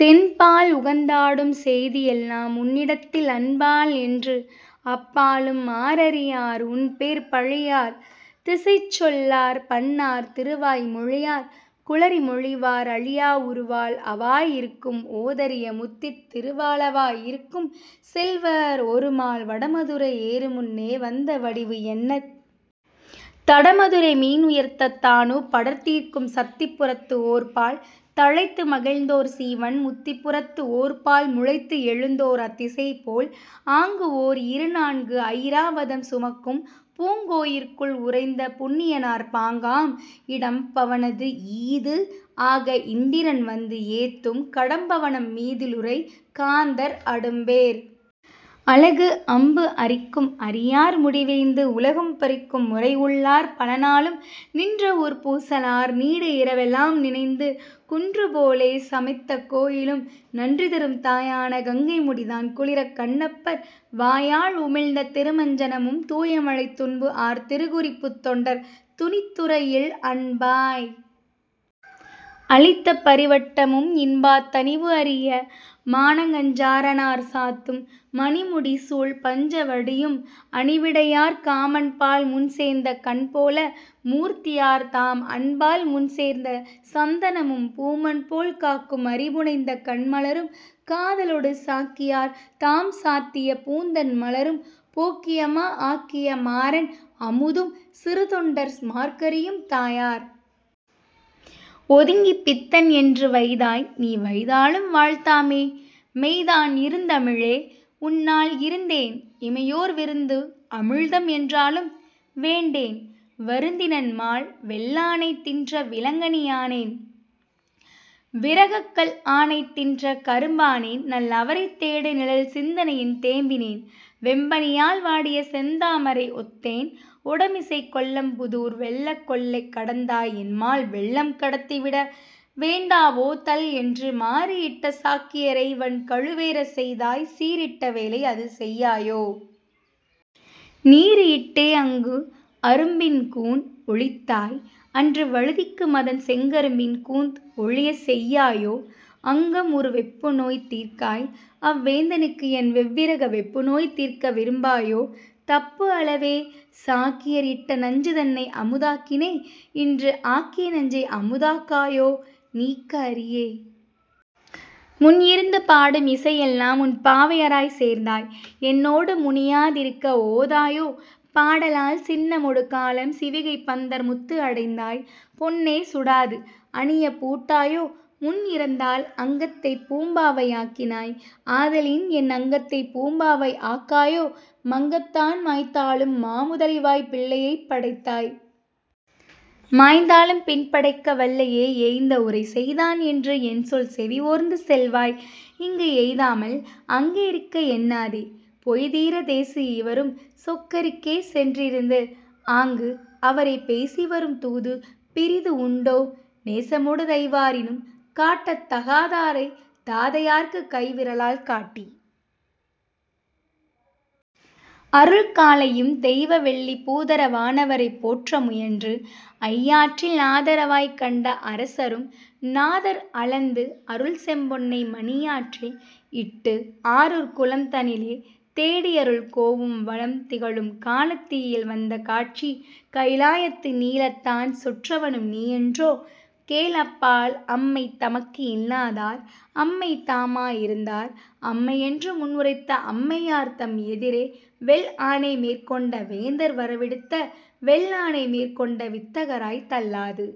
தென்பால் உகந்தாடும் செய்தி எல்லாம் உன்னிடத்தில் அன்பால் என்று அப்பாலும் ஆரறியார் உன்பேர் பழிஆர் திசைச்சொல்லார் பன்னார் திருவாய் மொழியார் குழறி மொழிவார் அழியா உருவால் அவாய் இருக்கும் ஓதரிய முத்தித் திருவாலவாய் இருக்கும் செல்வர் ஒரு மால் வடமதுரை ஏறுமுன்னே வந்த வடிவு என்னத் தடமதுரை மீன்உயர்த்த தாணு படர்தீர்க்கும் சத்திபுரத்து ஓர்பால் தழைத்து மகிழ்ந்தோர் சீவன் முத்திபுரத்து ஓர்பால் முளைத்து எழுந்தோர் அத்திசைபோல் ஆங்குஓர் இருநான்கு அயிராவதம் சுமக்கும் பூங்கோயிற்குள் உறைந்த புண்ணியனார் பாங்காம் இடம் பவனது ஈது ஆக இந்திரன் வந்து ஏத்தும் கடம்பவனம் மீதிலுறை காந்தர் அடும்பேர் அலகு அம்பு அரிக்கும் அரியார் முடிவேய்ந்து உலகம் பரிக்கும் முறைஉள்ளார் பலநாளும் நின்றவூர்ப் பூசலார் நீடு இரவெலாம் நினைந்து குன்று போலே சமைத்த கோயிலும் நன்றிதரும் தாயான கங்கைமுடி தான் குளிரக் கண்ணப்பர் வாயால் உமிழ்ந்த திருமஞ்சனமும் தூயமழைத் துன்புஆர் திருக்குறிப்புத் தொண்டர் துணித்துறையில் அன்பாய் அளித்த பரிவட்டமும் இன்பாத் தணிவுஅரிய மானக்கஞ்சாறணார் சாத்தும் மணிமுடி சூழ் பஞ்சவடியும் அணிவிடையார் காமன்பால் முன்சேந்த கண்போல மூர்த்தியார் தாம் அன்பால் முன்சேர்ந்த சந்தனமும் பூமன்போல் காக்கும் அரிபுனைந்த கண்மலரும் காதலொடு சாக்கியார் தாம்சாத்திய பூந்தண்மலரும் போக்கியமா ஆக்கிய மாறன் அமுதும் சிறுத்தொண்டர் மார்க்கறியும் தாயார் ஒதுங்கப் பித்தன்என்று வைதாய் நீ வைதாலும் வாழ்த்தாமே மெய்தான் இருந்தமிழே உன்னால் இருந்தேன் இமையோர் விருந்து அமிழ்தம் என்றாலும் வேண்டேன் வருந்தினன் மால் வெல்லானை தின்ற விளங்கனி ஆனேன் விரகக் கல் ஆனை தின்ற கரும்பானேன் நல் அவரைத் தேடு நிழல் சிந்தனையின் தேம்பினேன் வெம்பனியால் வாடிய செந்தாமரை ஒத்தேன் ஓடம்மிசைக் கொள்ளம்பூதூர் வெள்ளக் கொள்ளை கடந்தாய் என்மால் வெள்ளம் கடத்திவிட வேண்டாவோ தள்என்று மாறுஇட்ட சாக்கியரை வன் கழுவேறச் செய்தாய் சீறிட்ட வேளை அது செய்யாயோ? நீறு இட்டே அங்குஅரும் பின் கூன் ஒழித்தாய் அன்று வழுதிக்கு மதன் செங்கரும்பின் கூந் ஒழியச்செய்யாயோ அங்கம்உறு வெப்புநோய் தீர்க்காய் அவ்வேந்தனுக்கு என்வெவ்விரக வெப்பு நோய் தீர்க்க விரும்பாயோ தப்பு அலவே சாக்கியர் இட்ட நஞ்சுதன்னை அமுதாக்கினை இன்று ஆக்கிய நஞ்சை அமுதாக்காயோ நீக்க அரிய முன்இருந்து பாடும் இசை எல்லாம் உன் பாவையராச் சேர்ந்தாய்என் னோடு முனியாதிருக்க ஓதாயோ பாடலால் சின்னமொடு காளம் சிவிகை பந்தர் முத்துஅடைந்தாய் பொன்னே சுடாது அணியப் பூட்டாயோ முன்இறந்தாள் அங்கத்தைப் பூம்பாவை ஆக்கினாய் ஆதலின்என் அங்கத்தைப் பூம்பாவை ஆக்காயோ மங்கத்தான் மாய்த்தாலும் மாமுதலைவாய்ப் பிள்ளையைப் படைத்தாய் மாய்ந்தாலும் பின்படைக்க வல்லையே ஏய்ந்தஉரை செய்தான் என்று என்சொல் செவி ஓர்ந்து செல்வாய் இங்கு எய்தாமல் அங்குஇருக்க எண்ணாதே பொய்தீரத் தேசு இவரும் சொக்கருக்கே சென்றிருந்து ஆங்கு அவரைப் பேசி வரும் தூது பிறிது உண்டோ நேசமொடு தைவாரினும் காட்டத் தகாதாரைத் தாதையார்க்குக் கைவிரலால் காட்டி அருள்காளையும் தெய்வவெள்ளிப் பூதர வானவரைப் போற்ற முயன்று ஐயாற்றில் ஆதரவாய்க் கன்ட அரசரும்- நாதர் அளந்து அருள் செம்பொன்னை மணியாற்றில் இட்டு ஆரூர்க் குளம் தனிலே தேடிஅருள் கோவும் வளம் திகழும் காளத்தியில் வந்த காட்சி கயிலாயத்து நீளத்தான் சொற்றவனும் நீயன்றோ கேள்அப்பால் அம்மை தமக்கு இல்லாதார் அம்மை தாமா இருந்தார் அம்மை என்று முன்உரைத்த அம்மையார்த் தம்எதிரே வெள்ஆனை மேற்கொண்ட வேந்தர் வரவிடுத்த வெள்ஆனை மேற்கொன்ட வித்தகராய்த் தள்ளாது